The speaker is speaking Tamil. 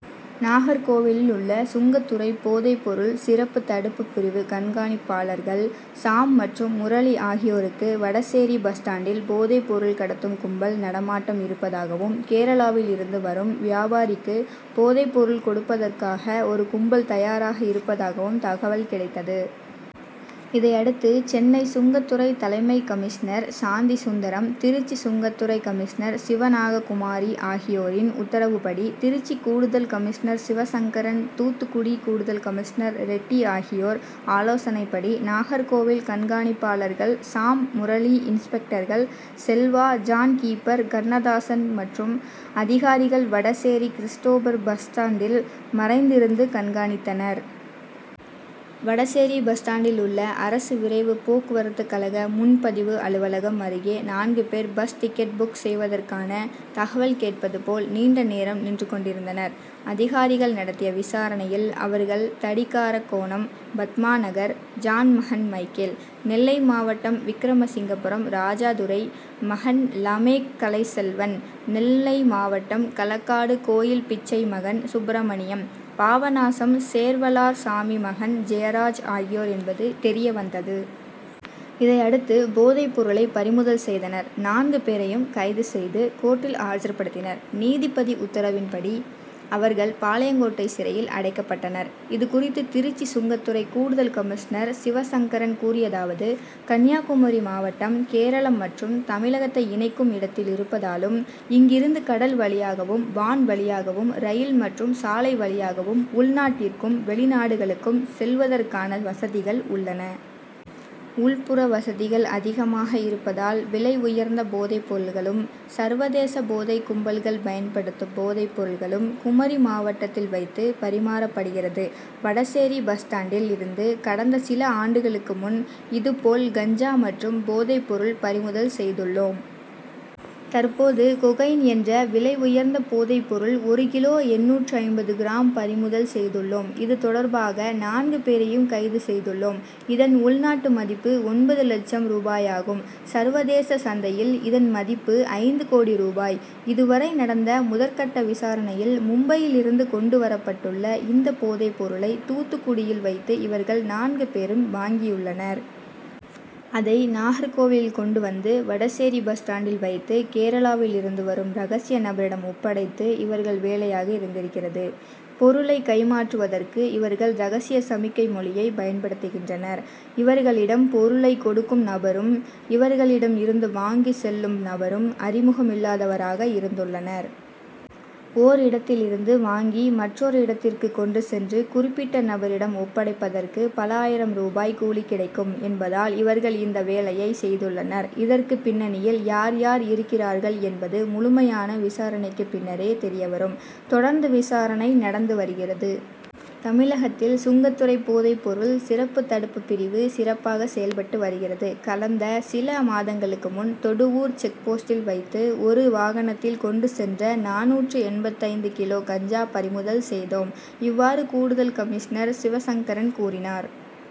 நாகர்கோவிலில் உள்ள சுங்கத்துறை போதை பொருள் சிறப்பு தடுப்பு பிரிவு கண்காணிப்பாளர்கள் சாம் மற்றும் முரளி ஆகியோருக்கு வடசேரி பஸ்டாண்டில் போதை பொருள் கடத்தும் கும்பல் நடமாட்டம் இருப்பதாகவும், கேரளாவில் இருந்து வரும் வியாபாரிக்கு போதை பொருள் கொடுப்பதற்காக ஒரு கும்பல் தயாராக இருப்பதாகவும் தகவல் கிடைத்தது. இதையடுத்து சென்னை சுங்கத்துறை தலைமை கமிஷனர் சாந்தி சுந்தரம், திருச்சி சுங்கத்துறை கமிஷனர் சிவநாககுமாரி ஆகியோரின் உத்தரவுபடி, திருச்சி கூடுதல் கமிஷனர் சிவசங்கரன், தூத்துக்குடி கூடுதல் கமிஷனர் ரெட்டி ஆகியோர் ஆலோசனைபடி நாகர்கோவில் கண்காணிப்பாளர்கள் சாம், முரளி, இன்ஸ்பெக்டர்கள் செல்வா, ஜாண்கீபர், கண்ணதாசன் மற்றும் அதிகாரிகள் வடசேரி கிறிஸ்டோபர் பஸ் ஸ்டாண்டில் மறைந்து இருந்து கண்காணித்தனர். வடசேரி பஸ் ஸ்டாண்டில் உள்ள அரசு விரைவு போக்குவரத்து கழக முன்பதிவு அலுவலகம் அருகே நான்கு பேர் பஸ் டிக்கெட் புக் செய்வதற்கான தகவல் கேட்பது போல் நீண்ட நேரம் நின்றுக்கொண்டிருந்தனர். அதிகாரிகள் நடத்திய விசாரணையில் அவர்கள், தடிக்காரன்கோணம் பத்மாநகர் ஜாண் மகன் மைக்கேல், நெல்லை மாவட்டம் விக்கிரமசிங்கபுரம் ராஜதுரை மகன் லாமேக் கலைச்செல்வன், நெல்லை மாவட்டம் களக்காடு கோயில்பிச்சை மகன் சுப்பிரமணியம், பாபநாசம் சேர்வலார் சாமி மகன் ஜெயராஜ் ஆகியோர் என்பது தெரியவந்தது. இதையடுத்து போதை பொருளை பறிமுதல் செய்தனர். நான்கு பேரையும் கைது செய்து கோர்டில் ஆஜர்படுத்தினர். நீதிபதி உத்தரவுபடி அவர்கள் பாளையங்கோட்டை சிறையில் அடைக்கப்பட்டனர். இதுகுறித்து திருச்சி சுங்கத்துறை கூடுதல் கமிஷனர் சிவசங்கரன் கூறியதாவது கன்னியாகுமரி மாவட்டம் கேரளம் மற்றும் தமிழகத்தை இணைக்கும் இடத்தில் இருப்பதாலும், இங்கிருந்து கடல் வழியாகவும், வான் வழியாகவும், ரயில் மற்றும் சாலை வழியாகவும் உள்நாட்டிற்கும், வெளிநாடுகளுக்கும் செல்வதற்கான வசதிகள் உள்ளன. உள்புற வசதிகள் அதிகமாக இருப்பதால் விலை உயர்ந்த போதை பொருட்களும், சர்வதேச போதை கும்பல்கள் பயன்படுத்தும் போதை பொருட்களும் குமரி மாவட்டத்தில் வைத்து பறிமாறப்படுகிறது. வடசேரி பஸ் ஸ்டாண்டில் இருந்து கடந்த சில ஆண்டுகளுக்கு முன் இதுபோல் கஞ்சா மற்றும் போதை பொருள் பறிமுதல் செய்துள்ளோம். தற்போது கொகைன் என்ற விலை உயர்ந்த போதை பொருள் ஒரு கிலோ எண்ணூற்று ஐம்பது கிராம் பறிமுதல் செய்துள்ளோம். இதுதொடர்பாக நான்கு பேரையும் கைது செய்துள்ளோம். இதன் உள்நாட்டு மதிப்பு ஒன்பது லட்சம் ரூபாயாகும். சர்வதேச சந்தையில் இதன்மதிப்பு ஐந்து கோடி ரூபாய். இதுவரை நடந்த முதற்கட்ட விசாரணையில், மும்பையில் இருந்து கொண்டு வரப்பட்டுள்ள இந்த போதை பொருளை தூத்துக்குடியில் வைத்து இவர்கள் நான்கு பேரும் வாங்கியுள்ளனர். அதை நாகர்கோவில் கொண்டு வந்து வடசேரி பஸ் ஸ்டாண்டில் வைத்து கேரளாவில் இருந்து வரும் ரகசிய நபரிடம் ஒப்படைப்பது இவர்கள் வேலையாக இருந்திருக்கிறது. பொருளை கைமாற்றுவதற்கு இவர்கள் ரகசிய சமிக்ஞை மொழியை பயன்படுத்துகின்றனர். இவர்களிடம் பொருளை கொடுக்கும் நபரும், இவர்களிடம் இருந்து வாங்கி செல்லும் நபரும் அறிமுகமில்லாதவராக இருந்துள்ளனர். ஓர் இடத்தில் இருந்து வாங்கி மற்றொரு இடத்திற்கு கொண்டு சென்று குறிப்பிட்ட நபரிடம் ஒப்படைப்பதற்கு பல ஆயிரம் ரூபாய் கூலி கிடைக்கும் என்பதால் இவர்கள் இந்த வேலை செய்துள்ளனர். இதற்கு பின்னணியில் யார் யார் இருக்கிறார்கள் என்பது முழுமையான விசாரணைக்கு பின்னரே தெரியவரும். தொடர்ந்து விசாரணை நடந்து வருகிறது. தமிழகத்தில் சுங்கத்துறை போதை பொருள் சிறப்பு தடுப்பு பிரிவு சிறப்பாக செயல்பட்டு வருகிறது. கடந்த சில மாதங்களுக்கு முன் தொடுவூர் செக்போஸ்டில் வைத்து ஒரு வாகனத்தில் கொண்டு சென்ற நானூற்று எண்பத்தைந்து கிலோ கஞ்சா பறிமுதல் செய்தோம். இவ்வாறு கூடுதல் கமிஷனர் சிவசங்கரன் கூறினார்.